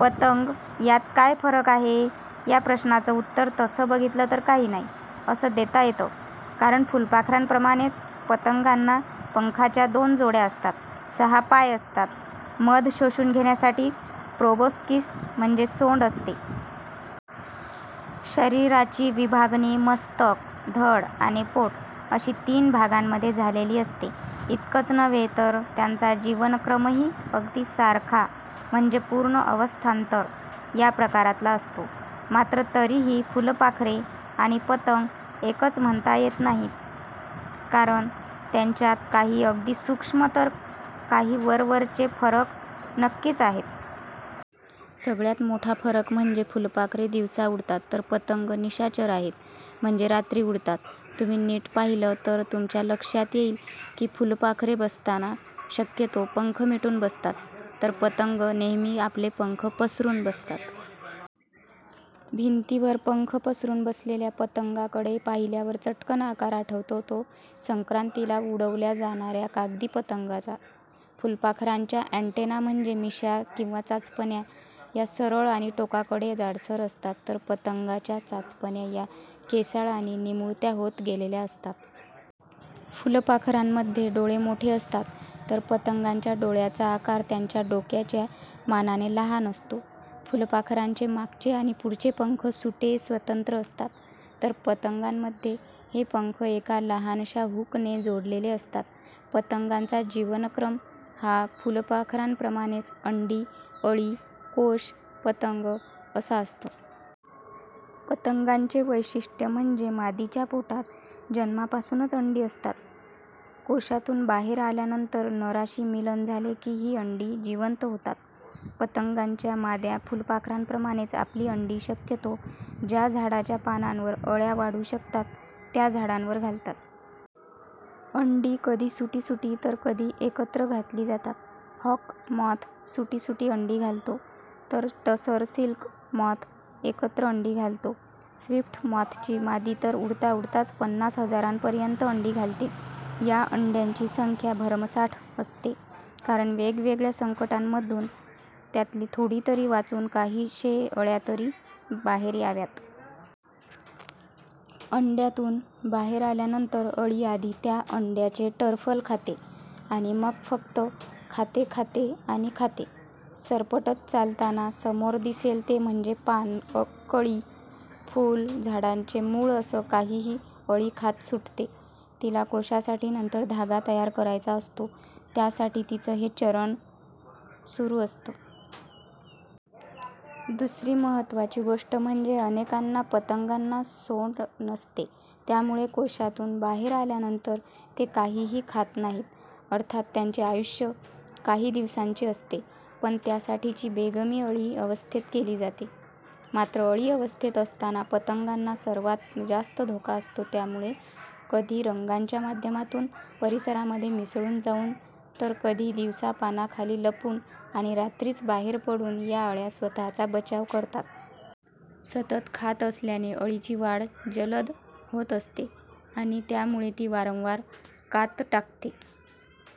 पतंग यात काय फरक आहे? या प्रश्नाचं उत्तर तसं बघितलं तर काही नाही' असं देता येतं. कारण फुलपाखरांप्रमाणेच पतंगांना पंखांच्या दोन जोड्या असतात. सहा पाय असतात. मध शोषून घेण्यासाठी प्रोबोस्किस म्हणजे सोंड असते. शरीराची विभागणी मस्तक, धड आणि पोट अशी तीन भागांमध्ये झालेली असते. इतकंच नव्हे तर त्यांचा जीवनक्रमही अगदी सारखा म्हणजे पूर्ण अवस्थांतर या प्रकारातला असतो. मात्र तरीही फुलपाखरे आणि पतंग एकच म्हणता येत नाहीत, कारण त्यांच्यात काही अगदी सूक्ष्म तर काही वरवरचे फरक नक्कीच आहेत. सगळ्यात मोठा फरक म्हणजे फुलपाखरे दिवसा उडतात, तर पतंग निशाचर आहेत. म्हणजे रात्री उडतात. तुम्ही नीट पाहिलं तर तुमच्या लक्षात येईल की फुलपाखरे बसताना शक्यतो पंख मिटून बसतात, तर पतंग नेहमी आपले पंख पसरून बसतात. भिंतीवर पंख पसरुन बसलेल्या पतंगाकडे पाहिल्यावर चटकन आकार आठवतो तो संक्रातीला उडवल्या जाणाऱ्या कागदी पतंगाचा. फुलपाखरांच्या ॲन्टेना म्हणजे मिशा किंवा चाचपण्या या सरळ आणि टोकाकडे जाडसर असतात, तर पतंगांच्या चाचपण्या या केसाळ आणि निमुळत्या होत गेलेल्या असतात. फुलपाखरांमध्ये डोळे मोठे असतात, तर पतंगांच्या डोळ्याचा आकार त्यांच्या डोक्याच्या मानाने लहान असतो. फुलपाखरांचे मागचे आणि पुढचे पंख सुटे, स्वतंत्र असतात, तर पतंगांमध्ये हे पंख एका लहानशा हुकने जोडलेले असतात. पतंगांचा जीवनक्रम हा फुलपाखरांप्रमाणेच अंडी, अळी, कोश, पतंग असा असतो. पतंगांचे वैशिष्ट्य म्हणजे मादीच्या पोटात जन्मापासूनच अंडी असतात, कोशातून बाहेर आल्यानंतर नराशी मिलन झाले की ही अंडी 'जिवंत' होतात. पतंगांच्या माद्या फुलपाखरांप्रमाणेच आपली अंडी शक्यतो ज्या झाडाच्या पानांवर अळ्या वाढू शकतात, त्या झाडांवर घालतात. अंडी कधी सुटी सुटी, तर कधी एकत्र घातली जातात. हॉक मॉथ सुटी सुटी अंडी घालतो, तर टसर सिल्क मॉथ एकत्र अंडी घालतो. स्विफ्ट मॉथची मादी तर उडताउडताच पन्नास हजारांपर्यंत अंडी घालते. या अंड्यांची संख्या भरमसाठ असते, कारण वेगवेगळ्या संकटांमधून त्यातली थोडी तरी वाचून, काही शे अळ्यातरी बाहेर याव्यात. अंड्यातून बाहेर आल्यानंतर अळी आधी त्या अंड्याचे टरफल खाते आणि मग फक्त खाते, खाते आणि खाते. सरपटत चालताना समोर दिसेल ते म्हणजे पान, कळी, फूल, झाडाचे मूळ असं काहीही अळी खात सुटते. तिला कोशासाठी नंतर धागा तयार करायचा असतो, त्यासाठी तिचं हे चरणं सुरू असतं. दुसरी महत्त्वाची गोष्ट म्हणजे अनेक पतंगांना सोंड नसते. त्यामुळे कोशातून बाहेर आल्यानंतर ते काहीही खात नाहीत. अर्थात त्यांचे आयुष्य काही दिवसांचे असते, पण त्यासाठीची बेगमी अळी अवस्थेत केली जाते. मात्र अळी अवस्थेत असताना पतंगांना सर्वात जास्त धोका असतो, त्यामुळे कधी रंगांच्या माध्यमातून परिसरामध्ये मिसळून जाऊन, तर कधी दिवसा पानाखाली लपून आणि रात्रीच बाहेर पडून या अळ्या स्वतःचा बचाव करतात. सतत खात असल्याने अळीची वाढ जलद होत असते आणि त्यामुळे ती वारंवार कात टाकते.